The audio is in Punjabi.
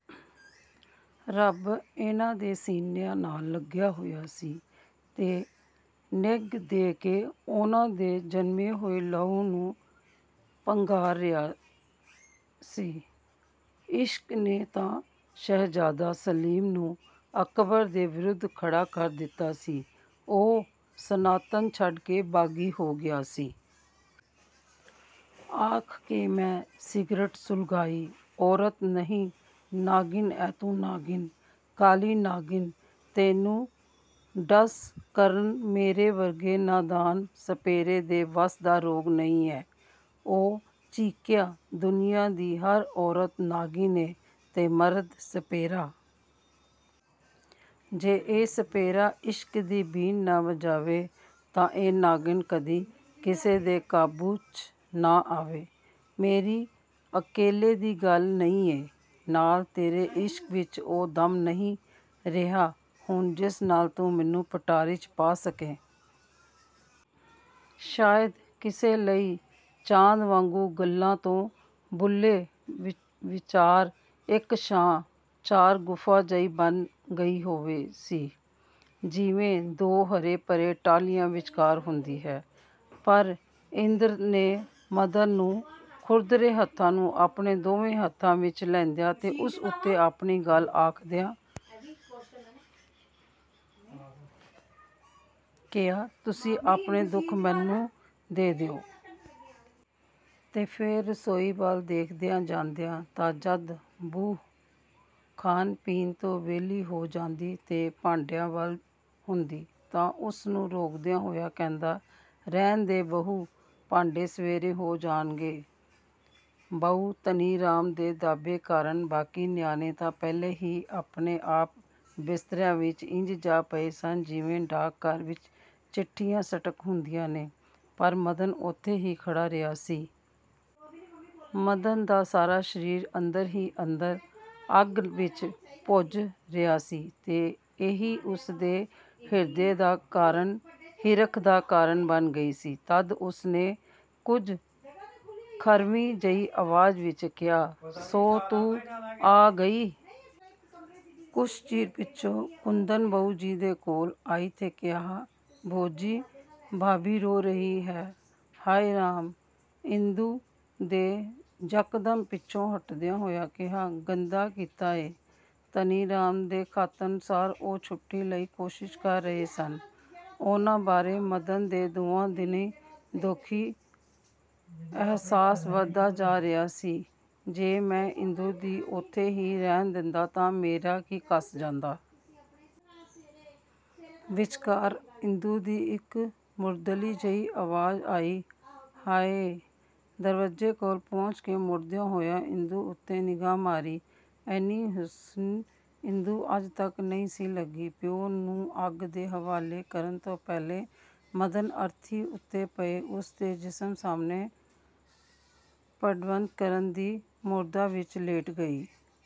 ਰੱਬ ਉਹਨਾਂ ਦੇ ਸੀਨਿਆਂ ਨਾਲ ਲਗਾ ਹੋਇਆ ਸੀ ਤੇ ਨਿੱਘ ਦੇ ਕੇ ਉਹਨਾਂ ਦੇ ਜੰਮੇ ਹੋਏ ਲਹੂ ਨੂੰ ਪੰਘਾਰ ਰਿਹਾ ਸੇ। ਇਸ਼ਕ ਨੇ ਤਾਂ ਸ਼ਹਿਜ਼ਾਦਾ ਸਲੀਮ ਨੂੰ ਅਕਬਰ ਦੇ ਵਿਰੁਧ ਖੜ੍ਹਾ ਕਰ ਦਿੱਤਾ ਸੀ ਤੇ ਉਹ ਸਲਤਨਤ ਛੱਡ ਕੇ ਬਾਗ਼ੀ ਹੋ ਗਿਆ ਸੀ। " ਆਖ ਕੇ ਮੈਂ ਸਿਗਰਟ ਸੁਲਘਾਈ। "ਔਰਤ ਨਹੀਂ ਨਾਗਣ ਏ ਤੂੰ ਨਾਗਣ। ਕਾਲੀ ਨਾਗਣ… ਤੈਨੂੰ ਵੱਸ ਕਰਨਾ ਮੇਰੇ ਵਰਗੇ ਨਾਦਾਨ ਸਪੇਰੇ ਦੇ ਵੱਸ ਦਾ ਰੋਗ ਨਹੀਂ ਏ। " ਉਹ ਚੀਕਿਆ। "ਦੁਨੀਆਂ ਦੀ ਹਰ ਔਰਤ ਨਾਗਣ ਏਂ ਤੇ ਮਰਦ ਸਪੇਰਾ। ਜੇ ਇਹ ਸਪੇਰਾ ਇਸ਼ਕ ਦੀ ਬੀਨ ਨਾ ਵਜਾਵੇ ਤਾਂ ਇਹ ਨਾਗਣ ਕਦੇ ਇਸ ਦੇ ਕਾਬੂ 'ਚ ਨਾ ਆਵੇ… ਮੇਰੀ ਇਕੱਲੀ ਦੀ ਗੱਲ ਨਹੀਂ ਏ। ਨਾਲੇ ਤੇਰੇ ਇਸ਼ਕ ਵਿਚ ਉਹ ਦਮ ਨਹੀਂ ਰਿਹਾ ਹੁਣ ਜਿਸ ਨਾਲ ਤੂੰ ਮੈਨੂੰ ਪਟਾਰੀ 'ਚ ਪਾ ਸਕੇਂ। ਸ਼ਾਇਦ ਕਿਸੇ ਲਈ ਚਾੰਦ ਵਾਂਗੁ ਗੱਲ੍ਹਾਂ ਤੇ ਬੁੱਲੇ ਵਿਚਾਰ ਇਕ ਛਾਂ–ਚਾਰ ਗੁਫ਼ਾ ਜਿਹੀ ਬਣੀ ਗਈ ਹੋਈ ਸੀ, ਜਿਵੇਂ ਦੋ ਹਰੇ ਭਰੇ ਟੀਲਿਆਂ ਵਿਚਕਾਰ ਹੁੰਦੀ ਹੈ। ' ਪਰ ਇੰਦੂ ਨੇ ਮਦਨ ਦੇ ਖੁਰਦਰੇ ਹੱਥ ਨੂੰ ਆਪਣੇ ਦੋਵਾਂ ਹੱਥਾਂ ਵਿਚ ਲੈਂਦਿਆਂ ਤੇ ਉਸ ਉੱਤੇ ਆਪਣੀ ਗੱਲ੍ਹ ਰੱਖਦਿਆਂ ਕਿਹਾ- "ਤੁਸੀਂ ਆਪਣੇ ਦੁੱਖ ਮੈਨੂੰ ਦੇ ਦਿਓ। " ਤੇ ਫੇਰ ਰਸੋਈ ਵੱਲ ਦੇਖਦੇ ਜਨਦੇਯਾ ਤਾ ਜਦ ਬਹੂ ਖਾਣ ਪੀਣ ਤੋਂ ਵਿਹਲੀ ਹੋ ਜਾਂਦੀ ਤੇ ਭਾਂਡਿਆਂ ਵੱਲ ਹੁੰਦੀ ਤਾਂ ਉਸਨੂੰ ਰੋਕਦੇ ਹੋਏ ਕਹਿੰਦੇ, "ਰਹਿਣ ਦੇ ਬਹੂ, ਭਾਂਡੇ ਸਵੇਰੇ ਹੋ ਜਾਣਗੇ। ਬਾਊ ਧਨੀਰਾਮ ਦੇ ਦਾਬੇ ਕਾਰਣ ਬਾਕੀ ਨਿਆਣੇ ਤਾਂ ਪਹਿਲਾਂ ਹੀ ਆਪੋ ਆਪਣੇ ਬਿਸਤਰਿਆਂ ਵਿਚ ਇੰਜ ਜਾ ਪਏ ਸਨ, ਜਿਵੇਂ ਡਾਕਘਰ ਵਿਚ ਚਿੱਠੀਆਂ ਸਾਰਟ ਹੁੰਦੀਆਂ ਨੇ, ਪਰ ਮਦਨ ਉੱਥੇ ਹੀ ਖੜ੍ਹਾ ਰਿਹਾ ਸੀ। ਜਨ ਮਦਨ ਦਾ ਸਾਰਾ ਸਰੀਰ ਅੰਦਰ ਹੀ ਅੰਦਰ ਅੱਗ ਵਿਚ ਭੁੱਜ ਰਿਹਾ ਸੀ ਤੇ ਇਹੀ ਉਸਦੇ ਹਿਰਖ ਦਾ ਕਾਰਣ ਬਣ ਗਿਆ ਸੀ, ਤਦੇ ਉਸਨੇ ਕੁਝ ਖਰਵੀ ਜਿਹੀ ਆਵਾਜ਼ ਵਿਚ ਕਿਹਾ- "ਸੋ, ਤੂੰ ਆ ਗਈ! ਕੁਝ ਚਿਰ ਪਿੱਛੋਂ ਕੁੰਦਨ ਬਾਊਜੀ ਦੇ ਕੋਲ ਆਇਆ ਤੇ ਕਿਹਾ-"ਬੋਜੀ, ਭਾਬੀ ਰੋ ਰਹੀ ਏ। " "ਹਾਏ ਰਾਮ" ਇੰਦੂ ਨੇ ਯਕਦਮ ਪਿੱਛੇ ਹਟਦਿਆਂ ਹੋਇਆਂ ਕਿਹਾ, "ਗੰਦੇ ਕਿਤੋਂ ਦੇ! ਧਨੀਰਾਮ ਦੇ ਖ਼ਤ ਅਨੁਸਾਰ ਉਹ ਛੁੱਟੀ ਲਈ ਕੋਸ਼ਿਸ਼ ਕਰ ਰਹੇ ਸਨ… ਉਹਨਾਂ ਬਾਰੇ ਮਦਨ ਦਾ ਦਿਨੋ ਦਿਨ ਦੋਖੀ ਅਹਿਸਾਸ ਵਧਦਾ ਜਾ ਰਿਹਾ ਸੀ-'ਜੇ ਮੈਂ ਇੰਦੂ ਨੂੰ ਉੱਥੇ ਹੀ ਰਹਿਣ ਦਿੰਦਾ ਤਾਂ ਮੇਰਾ ਕੀ ਘਸ ਜਾਂਦਾ? ਵਿਚਕਾਰ ਇੰਦੂ ਦੀ ਇਕ ਮੁਰਦਲੀ ਜਿਹੀ ਆਵਾਜ਼ ਆਈ-"ਹਾ–ਏ… ਦਰਵਾਜ਼ੇ ਕੋਲ ਪਹੁੰਚ ਕੇ ਮੁੜਦਿਆਂ ਹੋਇਆਂ ਇੰਦੂ ਉੱਤੇ ਨਿਗਾਹ ਮਾਰੀ… ਏਨੀ ਹੁਸੀਨ ਇੰਦੂ ਅੱਜ ਤਕ ਨਹੀਂ ਸੀ ਲੱਗੀ! ਪਿਓ ਨੂੰ ਅੱਗ ਦੇ ਹਵਾਲੇ ਕਰਨ ਤੋਂ ਪਹਿਲਾਂ ਮਦਨ ਅਰਥੀ ਉੱਤੇ ਪਏ ਉਸਦੇ ਜਿਸਮ ਸਾਹਮਣੇ ਡੰਡਵਤ ਕਰਨ ਦੀ ਮੁਦਰਾ ਵਿਚ ਲੇਟ ਗਿਆ।